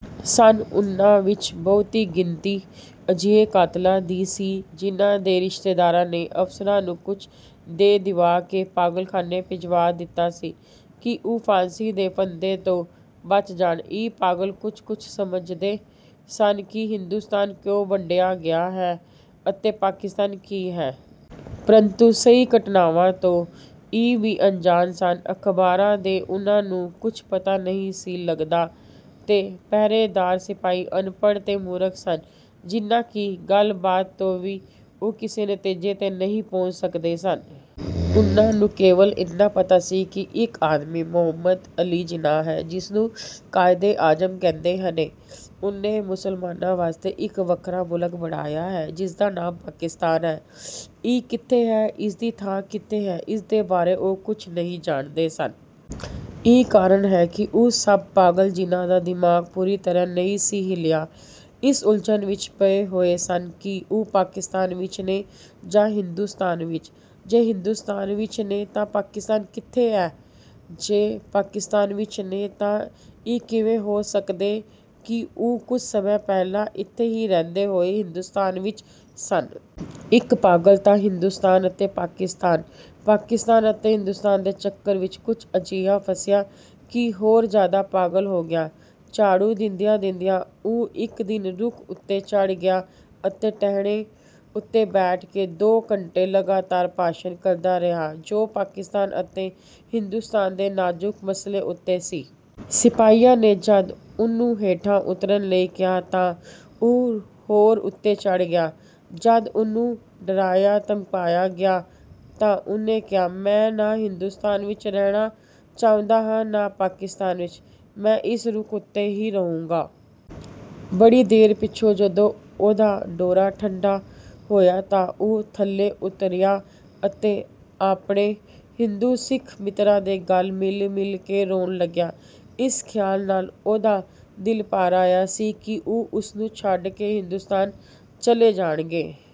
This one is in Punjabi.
ਸਨ। ਉਨ੍ਹਾਂ ਵਿਚ ਬਹੁਤੀ ਗਿਣਤੀ ਅਜਿਹੇ ਕਾਤਲਾਂ ਦੀ ਸੀ ਜਿਨ੍ਹਾਂ ਦੇ ਰਿਸ਼ਤੇਦਾਰਾਂ ਨੇ ਅਫ਼ਸਰਾਂ ਨੂੰ ਕੁਝ ਦੇ ਦਿਵਾ ਕੇ ਪਾਗਲਖਾਨੇ ਭਿਜਵਾ ਦਿੱਤਾ ਸੀ ਕਿ ਉਹ ਫਾਂਸੀ ਦੇ ਫੰਧੇ ਤੋਂ ਬਚ ਜਾਣ। ਇਹ ਪਾਗਲ ਕੁਝ-ਕੁਝ ਸਮਝਦੇ ਸਨ ਕਿ ਹਿੰਦੁਸਤਾਨ ਕਿਉਂ ਵੰਡਿਆ ਗਿਆ ਹੈ ਅਤੇ ਪਾਕਿਸਤਾਨ ਕੀ ਹੈ। ਪ੍ਰੰਤੂ ਸਹੀ ਘਟਨਾਵਾਂ ਤੋਂ ਇਹ ਵੀ ਅਣਜਾਣ ਸਨ। ਅਖ਼ਬਾਰਾਂ ਤੋਂ ਉਨ੍ਹਾਂ ਨੂੰ ਕੁਝ ਪਤਾ ਨਹੀਂ ਸੀ ਲੱਗਦਾ ਤੇ ਪਹਿਰੇਦਾਰ ਸਿਪਾਹੀ ਅਨਪੜ੍ਹ ਤੇ ਮੂਰਖ ਸਨ ਜਿਨ੍ਹਾਂ ਦੀ ਗੱਲਬਾਤ ਤੋਂ ਵੀ ਉਹ ਕਿਸੇ ਨਤੀਜੇ ਤੇ ਨਹੀਂ ਪਹੁੰਚ ਸਕਦੇ ਸਨ। ਉਨ੍ਹਾਂ ਨੂੰ ਕੇਵਲ ਏਨਾ ਪਤਾ ਸੀ ਕਿ ਇੱਕ ਆਦਮੀ ਮੁਹੰਮਦ ਅਲੀ ਜਿਨਾਹ ਹੈ ਜਿਸਨੂੰ ਕਾਇਦੇ-ਆਜ਼ਮ ਕਹਿੰਦੇ ਨੇ। ਉਹਨੇ ਮੁਸਲਮਾਨਾਂ ਵਾਸਤੇ ਇੱਕ ਵੱਖਰਾ ਮੁਲਕ ਬਣਾਇਆ ਹੈ ਜਿਸਦਾ ਨਾਂ ਪਾਕਿਸਤਾਨ ਹੈ। ਇਹ ਕਿੱਥੇ ਹੈ, ਇਸਦੀ ਥਾਂ ਕਿੱਥੇ ਹੈ, ਇਸਦੇ ਬਾਰੇ ਉਹ ਕੁਝ ਨਹੀਂ ਜਾਣਦੇ ਸਨ। ਇਹੀ ਕਾਰਨ ਹੈ ਕਿ ਉਹ ਸਭ ਪਾਗਲ ਜਿਨ੍ਹਾਂ ਦਾ ਦਿਮਾਗ ਪੂਰੀ ਤਰ੍ਹਾਂ ਨਹੀਂ ਸੀ ਹਿੱਲਿਆ, ਇਸ ਉਲਝਣ ਵਿਚ ਪਏ ਹੋਏ ਸਨ ਕਿ ਉਹ ਪਾਕਿਸਤਾਨ ਵਿਚ ਨੇ ਜਾਂ ਹਿੰਦੁਸਤਾਨ ਵਿਚ। ਜੇ ਹਿੰਦੁਸਤਾਨ ਵਿਚ ਨੇ ਤਾਂ ਪਾਕਿਸਤਾਨ ਕਿੱਥੇ ਐ, ਜੇ ਪਾਕਿਸਤਾਨ ਵਿਚ ਨੇ ਤਾਂ ਇਹ ਕਿਵੇਂ ਹੋ ਸਕਦੈ ਕਿ ਉਹ ਕੁਝ ਸਮਾਂ ਪਹਿਲਾਂ ਇਥੇ ਹੀ ਰਹਿੰਦੇ ਹੋਏ ਹਿੰਦੁਸਤਾਨ ਵਿਚ ਸਨ। ਇਕ ਪਾਗਲ ਤਾਂ ਹਿੰਦੁਸਤਾਨ ਅਤੇ ਪਾਕਿਸਤਾਨ, ਪਾਕਿਸਤਾਨ ਅਤੇ ਹਿੰਦੁਸਤਾਨ ਦੇ ਚੱਕਰ ਵਿਚ ਕੁਝ ਅਜਿਹਾ ਫਸਿਆ ਕਿ ਹੋਰ ਜ਼ਿਆਦਾ ਪਾਗਲ ਹੋ ਗਿਆ। ਝਾੜੂ ਦਿੰਦਿਆਂ-ਦਿੰਦਿਆਂ ਉਹ ਇਕ ਦਿਨ ਰੁੱਖ ਉੱਤੇ ਚੜ੍ਹ ਗਿਆ ਅਤੇ ਟਹਿਣੇ ਉੱਤੇ ਬੈਠ ਕੇ ਦੋ ਘੰਟੇ ਲਗਾਤਾਰ ਭਾਸ਼ਣ ਕਰਦਾ ਰਿਹਾ ਜੋ ਪਾਕਿਸਤਾਨ ਅਤੇ ਹਿੰਦੁਸਤਾਨ ਦੇ ਨਾਜ਼ੁਕ ਮਸਲੇ ਉੱਤੇ ਸੀ। ਸਿਪਾਹੀਆਂ ਨੇ ਜਦ ਉਹਨੂੰ ਹੇਠਾਂ ਉਤਰਨ ਲਈ ਕਿਹਾ ਤਾਂ ਉਹ ਹੋਰ ਉੱਤੇ ਚੜ੍ਹ ਗਿਆ। ਜਦ ਉਹਨੂੰ ਡਰਾਇਆ-ਧਮਕਾਇਆ ਗਿਆ ਤਾਂ ਉਹਨੇ ਕਿਹਾ, "ਮੈਂ ਨਾ ਹਿੰਦੁਸਤਾਨ ਵਿਚ ਰਹਿਣਾ ਚਾਹੁੰਦਾ ਹਾਂ ਨਾ ਪਾਕਿਸਤਾਨ ਵਿਚ। ਮੈਂ ਇਸ ਰੁੱਖ ਉੱਤੇ ਹੀ ਰਹੂੰਗਾ।" ਬੜੀ ਦੇਰ ਪਿਛੋਂ ਜਦੋ ਉਹਦਾ ਦੌਰਾ ਠੰਡਾ ਹੋਇਆ ਤਾਂ ਉਹ ਥੱਲੇ ਉਤਰਿਆ ਅਤੇ ਆਪਣੇ-ਹਿੰਦੂ ਸਿੱਖ ਮਿੱਤਰਾਂ ਦੇ ਗਲ ਮਿਲ-ਮਿਲ ਕੇ ਰੋਣ ਲੱਗਿਆ। ਇਸ ਖ਼ਿਆਲ ਨਾਲ ਉਹਦਾ ਦਿਲ ਭਰ ਆਇਆ ਸੀ ਕਿ ਉਹ ਉਸਨੂੰ ਛੱਡ ਕੇ ਹਿੰਦੁਸਤਾਨ ਚਲੇ ਜਾਣਗੇ।